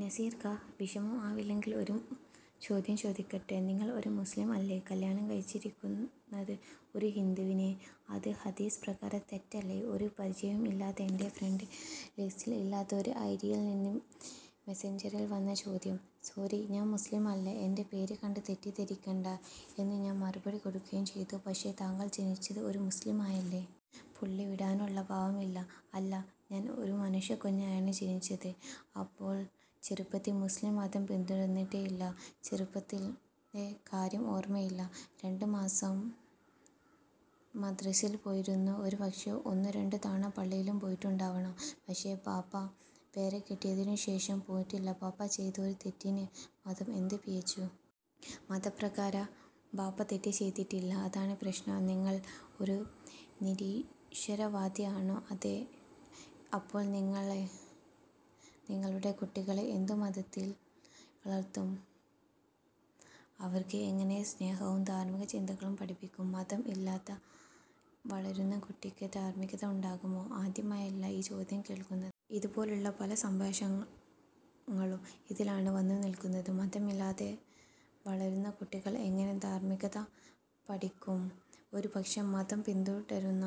"നസീർക്ക, വിഷമം ആവില്ലെങ്കിൽ ഒരു ചോദ്യം ചോദിക്കട്ടെ? നിങ്ങൾ ഒരു മുസ്ലിം അല്ലെ, കല്യാണം കഴിച്ചിരിക്കുന്നത് ഒരു ഹിന്ദുവിനെ, അത് ഹദീസ് പ്രകാരം തെറ്റല്ലേ?" ഒരു പരിചയവും ഇല്ലാത്ത, എൻ്റെ ഫ്രണ്ട് ലിസ്റ്റിൽ ഇല്ലാത്ത ഒരു ഐഡിയിൽ നിന്ന് മെസ്സഞ്ചറിൽ വന്ന ചോദ്യമാണ്. "സോറി ഞാൻ മുസ്ലിമല്ല, എൻ്റെ പേര് കണ്ട് തെറ്റിദ്ധരിക്കണ്ട" എന്ന് ഞാൻ മറുപടി കൊടുക്കുകയും ചെയ്തു "പക്ഷേ, താങ്കൾ ജനിച്ചത് ഒരു മുസ്ലിമായല്ലേ?" പുള്ളി വിടാനുള്ള ഭാവമില്ല. "അല്ല, ഞാൻ ഒരു മനുഷ്യക്കുഞ്ഞായാണ് ജനിച്ചത്" "അപ്പോൾ ചെറുപ്പത്തിൽ മുസ്ലിം മതം പിന്തുടർന്നിട്ടേ ഇല്ലേ?" "ചെറുപ്പത്തിലേ കാര്യം ഓർമയില്ല, ഒന്നുരണ്ടു മാസം മദ്രസയിൽ പോയിരുന്നു. ഒരുപക്ഷേ, ഒന്നുരണ്ടു തവണ പള്ളിയിലും പോയിട്ടുണ്ടാവണം. പക്ഷേ, ബാപ്പ വേറെ കെട്ടിയതിന് ശേഷം പോയിട്ടില്ല." "ബാപ്പ ചെയ്ത ഒരു തെറ്റിന് മതം എന്ത് പിഴച്ചു?" "മതപ്രകാരം ബാപ്പ തെറ്റ് ചെയ്തിട്ടില്ല. അതാണ് പ്രശ്നം" "നിങ്ങൾ ഒരു നിരീശ്വരവാദിയാണോ?" "അതെ" "അപ്പോൾ നിങ്ങൾ നിങ്ങളുടെ കുട്ടികളെ ഏതു മതത്തിൽ വളർത്തും? അവർക്ക് എങ്ങനെ സ്നേഹവും ധാർമിക ചിന്തകളും പഠിപ്പിക്കും. മതം ഇല്ലാതെ വളരുന്ന കുട്ടികൾക്ക് ധാർമികത ഉണ്ടാകുമോ?" ആദ്യമായല്ല ഈ ചോദ്യം കേൾക്കുന്നത്. ഇതുപോലുള്ള പല സംഭാഷങ്ങളും ഇതിലാണ് വന്നുനിൽക്കുന്നത് മതമില്ലാതെ വളരുന്ന കുട്ടികൾ എങ്ങനെ ധാർമികത പഠിക്കും. ഒരുപക്ഷേ, മതം പിന്തുടരുന്ന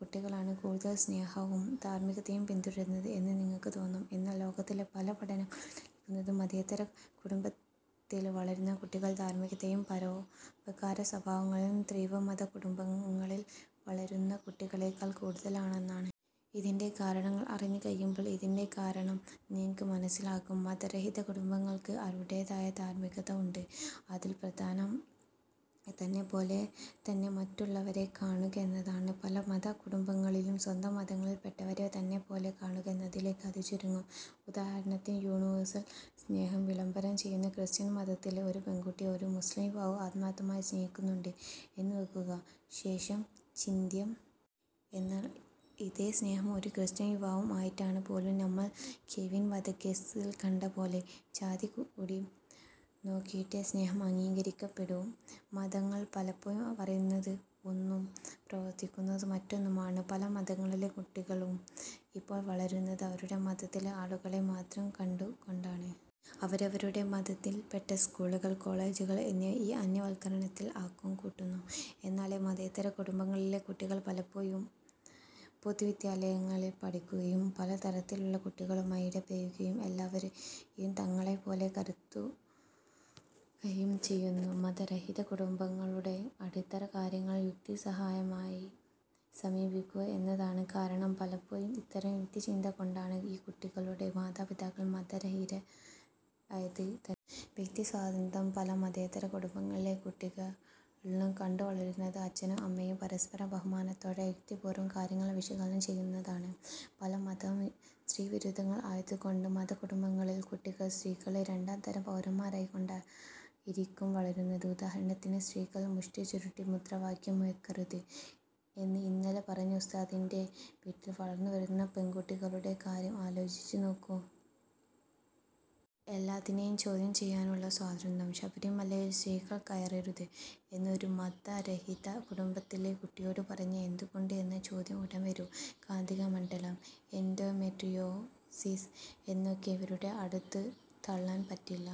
കുട്ടികളാണ് കൂടുതൽ സ്നേഹവും ധാർമികതയും പിന്തുടരുന്നത് എന്ന് നിങ്ങൾക്ക് തോന്നാം. എന്നാൽ, ലോകത്തിലെ പല പഠനങ്ങളും തെളിയിക്കുന്നത് മതേതര കുടുംബത്തിൽ വളരുന്ന കുട്ടികൾക്ക് ധാർമികതയും, പരോപകാര സ്വഭാവങ്ങളും തീവ്രമതകുടുംബങ്ങളിൽ വളരുന്ന കുട്ടികളേക്കാൾ കൂടുതലാണെന്നാണ്. ഇതിൻ്റെ കാരണങ്ങൾ അറിഞ്ഞ് കഴിയുമ്പോൾ ഇതിൻ്റെ കാരണം നിങ്ങൾക്ക് മനസിലാകും. മതരഹിത കുടുംബങ്ങൾക്ക് അവരുടേതായ ധാർമികത ഉണ്ട്. അതിൽ പ്രധാനം തന്നെപ്പോലെ തന്നെ മറ്റുള്ളവരെ കാണുക എന്നതാണ്. പല മത കുടുംബങ്ങളിലും സ്വന്തം മതങ്ങളിൽ പെട്ടവരെ തന്നെപോലെ കാണുക എന്നതിലേക്ക് അത് ചുരുങ്ങും. ഉദാഹരണത്തിന് യൂണിവേഴ്സൽ സ്നേഹം വിളംബരം ചെയ്യുന്ന, ക്രിസ്ത്യൻ മതത്തിലെ ഒരു പെൺകുട്ടിയെ ഒരു മുസ്ലിം യുവാവ് ആത്മാർത്ഥമായി സ്നേഹിക്കുന്നുണ്ട് എന്ന് വക്കുക, ശേഷം ചിന്ത്യം. എന്നാൽ, ഇതേ സ്നേഹം ഒരു ക്രിസ്ത്യൻ യുവാവും ആയിട്ടാണെങ്കിൽ പോലും, നമ്മൾ കെവിൻ വധക്കേസിൽ കണ്ടപോലെ, ജാതി കൂടി നോക്കിയിട്ടെ സ്നേഹം അംഗീകരിക്കപ്പെടൂ. മതങ്ങൾ പലപ്പോഴും പറയുന്നത് ഒന്നും, പ്രവർത്തിക്കുന്നത് മറ്റൊന്നുമാണ്. പല മതങ്ങളിലെ കുട്ടികളും ഇപ്പോൾ വളരുന്നത് അവരുടെ മതത്തിലെ ആളുകളെ മാത്രം കണ്ടുകൊണ്ടാണ്. അവരവരുടെ മതത്തിൽ പെട്ട സ്കൂളുകൾ കോളേജുകൾ എന്നിവ ഈ അന്യവൽക്കരണത്തിന് ആക്കം കൂട്ടുന്നു. എന്നാൽ, മതേതര കുടുംബങ്ങളിലെ കുട്ടികൾ പലപ്പോഴും പൊതുവിദ്യാലയങ്ങളിൽ പഠിക്കുകയും പലതരത്തിലുള്ള കുട്ടികളുമായി ഇടപഴകുകയും, എല്ലാവരെയും തങ്ങളെ പോലെ കരുതുകയും ചെയ്യുന്നു. മതരഹിത കുടുംബങ്ങളുടെ അടിത്തറ കാര്യങ്ങളെ യുക്തിസഹമായി സമീപിക്കുക എന്നതാണ്, കാരണം പലപ്പോഴും ഇത്തരം യുക്തിചിന്ത കൊണ്ടാണ് ഈ കുട്ടികളുടെ മാതാപിതാക്കൾ മതരഹിതരായത് തന്നെ. വ്യക്തി സ്വാതന്ത്ര്യം. പല മതേതര കുടുംബങ്ങളിലെ കുട്ടികളും കണ്ടുവളരുന്നത് അച്ഛനും അമ്മയും പരസ്പരബഹുമാനത്തോടെ യുക്തിപൂർവം കാര്യങ്ങൾ വിശകലനം ചെയ്യുന്നതാണ്. പല മതങ്ങളും സ്ത്രീവിരുദ്ധങ്ങൾ ആയതുകൊണ്ട് മതകുടുംബങ്ങളിൽ കുട്ടികൾ സ്ത്രീകളെ രണ്ടാംതരം പൗരന്മാരായി കൊണ്ടായിരിക്കും വളരുന്നത്. ഉദാഹരണത്തിന് 'സ്ത്രീകൾ മുഷ്ടി ചുരുട്ടി മുദ്രവാക്യം മുഴക്കരുത്' എന്ന് ഇന്നലെ പറഞ്ഞ ഉസ്താദിൻ്റെ വീട്ടിൽ വളർന്നു വരുന്ന പെൺകുട്ടികളുടെ കാര്യം ആലോചിച്ചു നോക്കൂ. എല്ലാത്തിനെയും ചോദ്യം ചെയ്യാനുള്ള സ്വാതന്ത്ര്യം. ശബരിമലയിൽ സ്ത്രീകൾ കയറരുത് എന്ന് ഒരു മതരഹിത കുടുംബത്തിലെ കുട്ടിയോട് പറഞ്ഞാൽ എന്തുകൊണ്ട് എന്ന ചോദ്യം ഉടൻ വരും. കാന്തിക മണ്ഡലം, "എൻഡോമെട്രിയോസിസ്" എന്നൊക്കെ ഇവരുടെ അടുത്ത് തള്ളാൻ പറ്റില്ല.